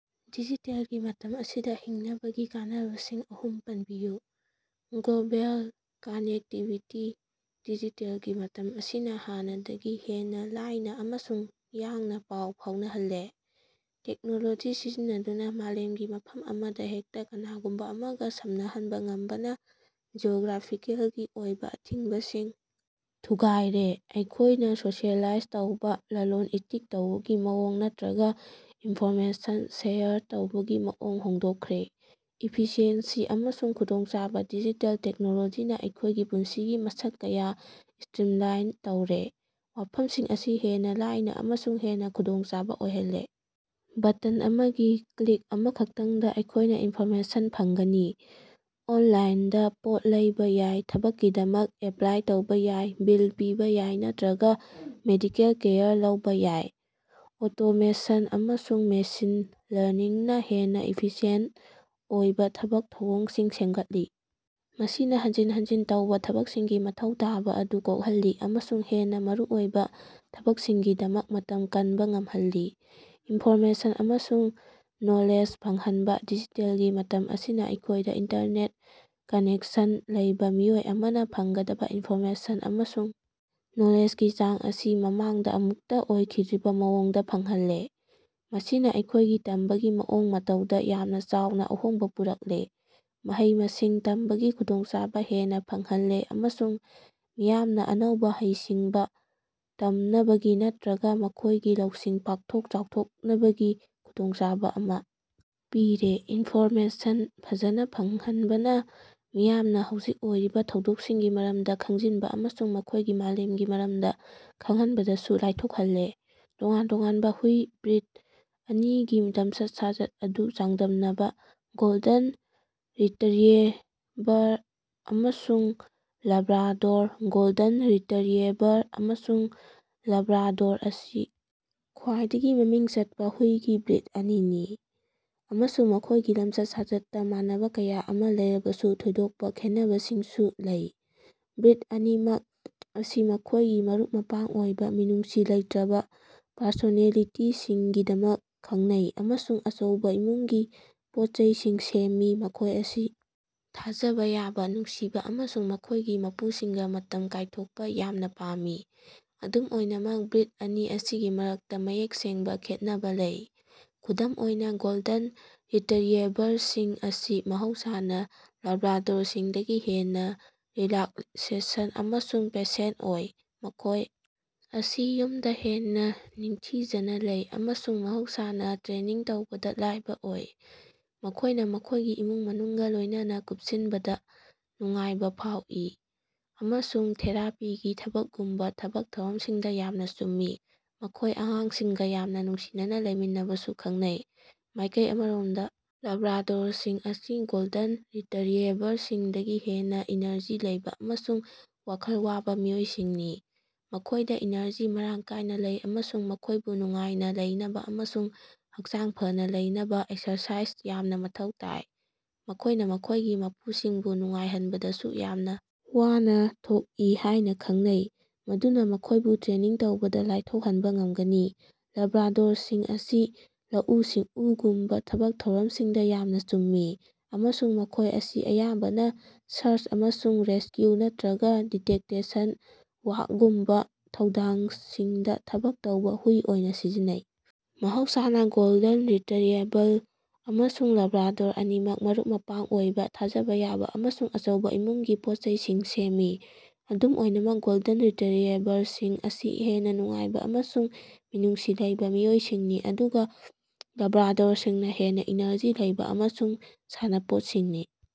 ꯗꯤꯖꯤꯇꯦꯜꯒꯤ ꯃꯇꯝ ꯑꯁꯤꯗ ꯍꯤꯡꯅꯕꯒꯤ ꯀꯥꯟꯅꯕꯁꯤꯡ ꯑꯍꯨꯝ ꯄꯟꯕꯤꯌꯨ꯫ ꯒ꯭ꯂꯣꯕꯦꯜ ꯀꯥꯅꯦꯛꯇꯤꯕꯤꯇꯤ - ꯗꯤꯖꯤꯇꯦꯜꯒꯤ ꯃꯇꯝ ꯑꯁꯤꯅ ꯍꯥꯟꯅꯗꯒꯤ ꯍꯦꯟꯅ ꯂꯥꯏꯅ ꯑꯃꯁꯨꯡ ꯌꯥꯡꯅ ꯄꯥꯎ ꯐꯥꯎꯅꯍꯜꯂꯦ꯫ ꯇꯦꯛꯅꯣꯂꯣꯖꯤ ꯁꯤꯖꯤꯟꯅꯗꯨꯅ ꯃꯥꯂꯦꯝꯒꯤ ꯃꯐꯝ ꯑꯃꯗ ꯍꯦꯛꯇ ꯀꯅꯥꯒꯨꯝꯕ ꯑꯃꯒ ꯁꯝꯅꯍꯟꯕ ꯉꯝꯕꯅ ꯖꯤꯑꯣꯒ꯭ꯔꯥꯐꯤꯀꯦꯜꯒꯤ ꯑꯣꯏꯕ ꯑꯊꯤꯡꯕꯁꯤꯡ ꯊꯨꯒꯥꯏꯔꯦ, ꯑꯩꯈꯣꯏꯅ ꯁꯣꯁꯤꯑꯦꯂꯥꯏꯖ ꯇꯧꯕ, ꯂꯥꯂꯣꯟ-ꯏꯇꯤꯛ ꯇꯧꯕꯒꯤ ꯃꯑꯣꯡ ꯅꯠꯇꯔꯒ ꯏꯟꯐꯣꯔꯃꯦꯁꯟ ꯁꯦꯌꯔ ꯇꯧꯕꯒꯤ ꯃꯑꯣꯡ ꯍꯣꯡꯗꯣꯛꯈ꯭ꯔꯦ꯫ ꯏꯐꯤꯁꯤꯑꯦꯟꯁꯤ ꯑꯃꯁꯨꯡ ꯈꯨꯗꯣꯡꯆꯥꯕ - ꯗꯤꯖꯤꯇꯦꯜ ꯇꯦꯛꯅꯣꯂꯣꯖꯤꯅ ꯑꯩꯈꯣꯏꯒꯤ ꯄꯨꯟꯁꯤꯒꯤ ꯃꯁꯛ ꯀꯌꯥ ꯁ꯭ꯇꯔꯤꯝꯂꯥꯏꯟ ꯇꯧꯔꯦ, ꯋꯥꯐꯝꯁꯤꯡ ꯑꯁꯤ ꯍꯦꯟꯅ ꯂꯥꯏꯅꯥ ꯑꯃꯁꯨꯡ ꯍꯦꯟꯅ ꯈꯨꯗꯣꯡꯆꯥꯕ ꯑꯣꯏꯍꯜꯂꯦ꯫ ꯕꯇꯟ ꯑꯃꯒꯤ ꯀ꯭ꯂꯤꯛ ꯑꯃꯈꯛꯇꯪꯗ ꯑꯩꯈꯣꯏꯅ ꯏꯟꯐꯣꯔꯃꯦꯁꯟ ꯐꯪꯒꯅꯤ, ꯑꯣꯟꯂꯥꯏꯟꯗ ꯄꯣꯠ ꯂꯩꯕ ꯌꯥꯏ, ꯊꯕꯛꯀꯤꯗꯃꯛ ꯑꯦꯄ꯭ꯂꯥꯏ ꯇꯧꯕ ꯌꯥꯏ, ꯕꯤꯜ ꯄꯤꯕ ꯌꯥꯏ ꯅꯠꯇꯔꯒ ꯃꯦꯗꯤꯀꯦꯜ ꯀꯦꯌꯔ ꯂꯧꯕ ꯌꯥꯏ꯫ ꯑꯣꯇꯣꯃꯦꯁꯟ ꯑꯃꯁꯨꯡ ꯃꯦꯁꯤꯟ ꯂꯔꯅꯤꯡꯅ ꯍꯦꯟꯅ ꯏꯐꯤꯁꯤꯌꯦꯟꯇ ꯑꯣꯏꯕ ꯊꯕꯛ ꯊꯧꯑꯣꯡꯁꯤꯡ ꯁꯦꯝꯒꯠꯂꯤ, ꯃꯁꯤꯅ ꯍꯟꯖꯤꯟ ꯍꯟꯖꯤꯟ ꯇꯧꯕ ꯊꯕꯛꯁꯤꯡꯒꯤ ꯃꯊꯧ ꯇꯥꯕ ꯑꯗꯨ ꯀꯣꯛꯍꯜꯂꯤ ꯑꯃꯁꯨꯡ ꯍꯦꯟꯅ ꯃꯔꯨꯑꯣꯏꯕ ꯊꯕꯛꯁꯤꯡꯒꯤꯗꯃꯛ ꯃꯇꯝ ꯀꯟꯕ ꯉꯝꯍꯜꯂꯤ꯫ ꯏꯟꯐꯣꯔꯃꯦꯁꯟ ꯑꯃꯁꯨꯡ ꯅꯣꯂꯦꯖ ꯐꯪꯍꯟꯕ - ꯗꯤꯖꯤꯇꯦꯜꯒꯤ ꯃꯇꯝ ꯑꯁꯤꯅ ꯑꯩꯈꯣꯏꯗ ꯏꯟꯇꯔꯅꯦꯠ ꯀꯥꯅꯦꯛꯁꯟ ꯂꯩꯕ ꯃꯤꯑꯣꯏ ꯑꯃꯅ ꯐꯪꯒꯗꯕ ꯏꯟꯐꯣꯔꯃꯦꯁꯟ ꯑꯃꯁꯨꯡ ꯅꯣꯂꯦꯖꯒꯤ ꯆꯥꯡ ꯑꯁꯤ ꯃꯃꯥꯡꯗ ꯑꯃꯨꯛꯇ ꯑꯣꯏꯈꯤꯗ꯭ꯔꯤꯕ ꯃꯑꯣꯡꯗ ꯐꯪꯍꯜꯂꯦ꯫ ꯃꯁꯤꯅ ꯑꯩꯈꯣꯏꯒꯤ ꯇꯝꯕꯒꯤ ꯃꯑꯣꯡ ꯃꯇꯧꯗ ꯌꯥꯝꯅ ꯆꯥꯎꯅ ꯑꯍꯣꯡꯕ ꯄꯨꯔꯛꯂꯦ, ꯃꯍꯩ-ꯃꯁꯤꯡ ꯇꯝꯕꯒꯤ ꯈꯨꯗꯣꯡꯆꯥꯕ ꯍꯦꯟꯅ ꯐꯪꯍꯜꯂꯦ ꯑꯃꯁꯨꯡ ꯃꯤꯌꯥꯝꯅ ꯑꯅꯧꯕ ꯍꯩꯁꯤꯡꯕ ꯇꯝꯅꯕꯒꯤ ꯅꯠꯇꯔꯒ ꯃꯈꯣꯏꯒꯤ ꯂꯧꯁꯤꯡ ꯄꯥꯛꯊꯣꯛ-ꯆꯥꯎꯊꯣꯛꯅꯕꯒꯤ ꯈꯨꯗꯣꯡꯆꯥꯕ ꯑꯃ ꯄꯤꯔꯦ꯫ ꯏꯟꯐꯣꯔꯃꯦꯁꯟ ꯐꯖꯅ ꯐꯪꯍꯟꯕꯅꯥ ꯃꯤꯌꯥꯝꯅ ꯍꯧꯖꯤꯛ ꯑꯣꯏꯔꯤꯕ ꯊꯧꯗꯣꯛꯁꯤꯡꯒꯤ ꯃꯔꯝꯗ ꯈꯪꯖꯤꯟꯕ ꯑꯃꯁꯨꯡ ꯃꯈꯣꯏꯒꯤ ꯃꯥꯂꯦꯝꯒꯤ ꯃꯔꯝꯗ ꯈꯪꯍꯟꯕꯗꯁꯨ ꯂꯥꯏꯊꯣꯛꯍꯜꯂꯦ꯫ ꯇꯣꯉꯥꯟ-ꯇꯣꯉꯥꯟꯕ ꯍꯨꯏ ꯕ꯭ꯔꯤꯗ ꯑꯅꯤꯒꯤ ꯂꯝꯆꯠ-ꯁꯥꯖꯠ ꯑꯗꯨ ꯆꯥꯡꯗꯝꯅꯕ - ꯒꯣꯜꯗꯟ ꯔꯤꯇꯔꯤꯌꯦꯚꯔ ꯑꯃꯁꯨꯡ ꯂꯥꯕ꯭ꯔꯥꯗꯣꯔ꯫ ꯒꯣꯜꯗꯟ ꯔꯤꯇꯔꯤꯌꯦꯚꯔ ꯑꯃꯁꯨꯡ ꯂꯥꯕ꯭ꯔꯥꯗꯣꯔ ꯑꯁꯤ ꯈ꯭ꯋꯥꯏꯗꯒꯤ ꯃꯃꯤꯡ ꯆꯠꯄ ꯍꯨꯏꯒꯤ ꯕ꯭ꯔꯤꯗ ꯑꯅꯤꯅꯤ, ꯑꯃꯁꯨꯡ ꯃꯈꯣꯏꯒꯤ ꯂꯝꯆꯠ-ꯁꯥꯖꯠꯇ ꯃꯥꯟꯅꯕꯥ ꯀꯌꯥ ꯑꯃ ꯂꯩꯔꯕꯁꯨ, ꯊꯣꯏꯗꯣꯛꯄ ꯈꯦꯠꯅꯕꯁꯤꯡꯁꯨ ꯂꯩ꯫ ꯕ꯭ꯔꯤꯗ ꯑꯅꯤꯃꯛ ꯑꯁꯤ ꯃꯈꯣꯏꯒꯤ ꯃꯔꯨꯞ-ꯃꯄꯥꯡ ꯑꯣꯏꯕ, ꯃꯤꯅꯨꯡꯁꯤ ꯂꯩꯇꯔꯕꯥ ꯄꯔꯁꯣꯅꯦꯂꯤꯇꯤꯁꯤꯡꯒꯤꯗꯃꯛ ꯈꯪꯅꯩ ꯑꯃꯁꯨꯡ ꯑꯆꯧꯕ ꯏꯃꯨꯡꯒꯤ ꯄꯣꯠꯆꯩꯁꯤꯡ ꯁꯦꯝꯃꯤ꯫ ꯃꯈꯣꯏ ꯑꯁꯤ ꯊꯥꯖꯕꯥ ꯌꯥꯕ, ꯅꯨꯡꯁꯤꯕ ꯑꯃꯁꯨꯡ ꯃꯈꯣꯏꯒꯤ ꯃꯄꯨꯁꯤꯡꯒ ꯃꯇꯝ ꯀꯥꯏꯊꯣꯛꯄ ꯌꯥꯝꯅ ꯄꯥꯝꯃꯤ꯫ ꯑꯗꯨꯝ ꯑꯣꯏꯅꯃꯛ, ꯕ꯭ꯔꯤꯗ ꯑꯅꯤ ꯑꯁꯤꯒꯤ ꯃꯔꯛꯇ ꯃꯌꯦꯛ ꯁꯦꯡꯕ ꯈꯦꯠꯅꯕꯥ ꯂꯩ꯫ ꯈꯨꯗꯝ ꯑꯣꯏꯅ, ꯒꯣꯜꯗꯟ ꯔꯤꯇꯔꯤꯌꯦꯚꯔꯁꯤꯡ ꯑꯁꯤ ꯃꯍꯧꯁꯥꯅ ꯂꯥꯕ꯭ꯔꯥꯗꯣꯔꯁꯤꯡꯗꯒꯤ ꯍꯦꯟꯅ ꯔꯤꯂꯥꯛꯁꯦꯁꯟ ꯑꯃꯁꯨꯡ ꯄꯦꯁꯦꯟꯇ ꯑꯣꯏ꯫ ꯃꯈꯣꯏ ꯑꯁꯤ ꯌꯨꯝꯗ ꯍꯦꯟꯅ ꯅꯤꯡꯊꯤꯖꯅ ꯂꯩ, ꯑꯃꯁꯨꯡ ꯃꯍꯧꯁꯥꯅ ꯇ꯭ꯔꯦꯅꯤꯡ ꯇꯧꯕꯗꯥ ꯂꯥꯏꯕ ꯑꯣꯏ꯫ ꯃꯈꯣꯏꯅ ꯃꯈꯣꯏꯒꯤ ꯏꯃꯨꯡ-ꯃꯅꯨꯡꯒ ꯂꯣꯏꯅꯅ ꯀꯨꯞꯁꯤꯟꯕꯗꯥ ꯅꯨꯡꯉꯥꯏꯕ ꯐꯥꯎꯏ, ꯑꯃꯁꯨꯡ ꯊꯦꯔꯥꯄꯤꯒꯤ ꯊꯕꯛꯒꯨꯝꯕ ꯊꯕꯛ ꯊꯧꯔꯝꯁꯤꯡꯗ ꯌꯥꯝꯅ ꯆꯨꯝꯃꯤ꯫ ꯃꯈꯣꯏ ꯑꯉꯥꯡꯁꯤꯡꯒ ꯌꯥꯝꯅ ꯅꯨꯡꯁꯤꯅꯅꯥ ꯂꯩꯃꯤꯟꯅꯕꯁꯨ ꯈꯪꯅꯩ꯫ ꯃꯥꯏꯀꯩ ꯑꯃꯔꯣꯝꯗ ꯂꯥꯕ꯭ꯔꯥꯗꯣꯔꯁꯤꯡ ꯑꯁꯤ ꯒꯣꯜꯗꯟ ꯔꯤꯇꯔꯤꯌꯦꯚꯔꯁꯤꯡꯗꯒꯤ ꯍꯦꯟꯅ ꯏꯅꯔꯖꯤ ꯂꯩꯕ ꯑꯃꯁꯨꯡ ꯋꯥꯈꯜ ꯋꯥꯕ ꯃꯤꯑꯣꯏꯁꯤꯡꯅꯤ꯫ ꯃꯈꯣꯏꯗ ꯏꯅꯔꯖꯤ ꯃꯔꯥꯡ ꯀꯥꯏꯅ ꯂꯩ ꯑꯃꯁꯨꯡ ꯃꯈꯣꯏꯕꯨ ꯅꯨꯡꯉꯥꯏꯅ ꯂꯩꯅꯕꯥ ꯑꯃꯁꯨꯡ ꯍꯛꯆꯥꯡ ꯐꯅꯥ ꯂꯩꯅꯕꯥ ꯑꯦꯛꯁꯔꯁꯥꯏꯖ ꯌꯥꯝꯅ ꯃꯊꯧ ꯇꯥꯏ꯫ ꯃꯈꯣꯏꯅ ꯃꯈꯣꯏꯒꯤ ꯃꯄꯨꯁꯤꯡꯕꯨ ꯅꯨꯡꯉꯥꯏꯍꯟꯕꯗꯁꯨ ꯌꯥꯝꯅ ꯋꯥꯅ ꯊꯣꯛꯏ ꯍꯥꯏꯅ ꯈꯪꯅꯩ, ꯃꯗꯨꯅ ꯃꯈꯣꯏꯕꯨ ꯇ꯭ꯔꯦꯅꯤꯡ ꯇꯧꯕꯗ ꯂꯥꯏꯊꯣꯛꯍꯟꯕ ꯉꯝꯒꯅꯤ꯫ ꯂꯥꯕ꯭ꯔꯥꯗꯣꯔꯁꯤꯡ ꯑꯁꯤ ꯂꯧꯎ-ꯁꯤꯡꯎꯒꯨꯝꯕ ꯊꯕꯛ ꯊꯧꯔꯝꯁꯤꯡꯗ ꯌꯥꯝꯅ ꯆꯨꯝꯃꯤ, ꯑꯃꯁꯨꯡ ꯃꯈꯣꯏ ꯑꯁꯤ ꯑꯌꯥꯝꯕꯅ ꯁꯔꯆ ꯑꯃꯁꯨꯡ ꯔꯦꯁꯀ꯭ꯌꯨ ꯅꯠꯇꯔꯒ ꯗꯤꯇꯦꯛꯇꯦꯁꯟ ꯋꯥ꯭ꯔꯛꯒꯨꯝꯕ ꯊꯧꯗꯥꯡꯁꯤꯡꯗ ꯊꯕꯛ ꯇꯧꯕ ꯍꯨꯏ ꯑꯣꯏꯅ ꯁꯤꯖꯤꯟꯅꯩ꯫ ꯃꯍꯧꯁꯥꯅ, ꯒꯣꯜꯗꯟ ꯔꯤꯇꯔꯤꯌꯦꯚꯜ ꯑꯃꯁꯨꯡ ꯂꯥꯕ꯭ꯔꯥꯗꯣꯔ ꯑꯅꯤꯃꯛ ꯃꯔꯨꯞ-ꯃꯄꯥꯡ ꯑꯣꯏꯕ, ꯊꯥꯖꯕ ꯌꯥꯕ ꯑꯃꯁꯨꯡ ꯑꯆꯧꯕ ꯏꯃꯨꯡꯒꯤ ꯄꯣꯠꯆꯩꯁꯤꯡ ꯁꯦꯝꯃꯤ꯫ ꯑꯗꯨꯝ ꯑꯣꯏꯅꯃꯛ, ꯒꯣꯜꯗꯟ ꯔꯤꯇꯔꯤꯌꯦꯚꯔꯁꯤꯡ ꯑꯁꯤ ꯍꯦꯟꯅ ꯅꯨꯡꯉꯥꯏꯕ ꯑꯃꯁꯨꯡ ꯃꯤꯅꯨꯡꯁꯤ ꯂꯩꯕ ꯃꯤꯑꯣꯏꯁꯤꯡꯅꯤ, ꯑꯗꯨꯒ ꯂꯥꯕ꯭ꯔꯥꯗꯣꯔꯁꯤꯡꯅ ꯍꯦꯟꯅ ꯏꯅꯔꯖꯤ ꯂꯩꯕ ꯑꯃꯁꯨꯡ ꯁꯥꯟꯅꯄꯣꯠꯁꯤꯡꯅꯤ꯫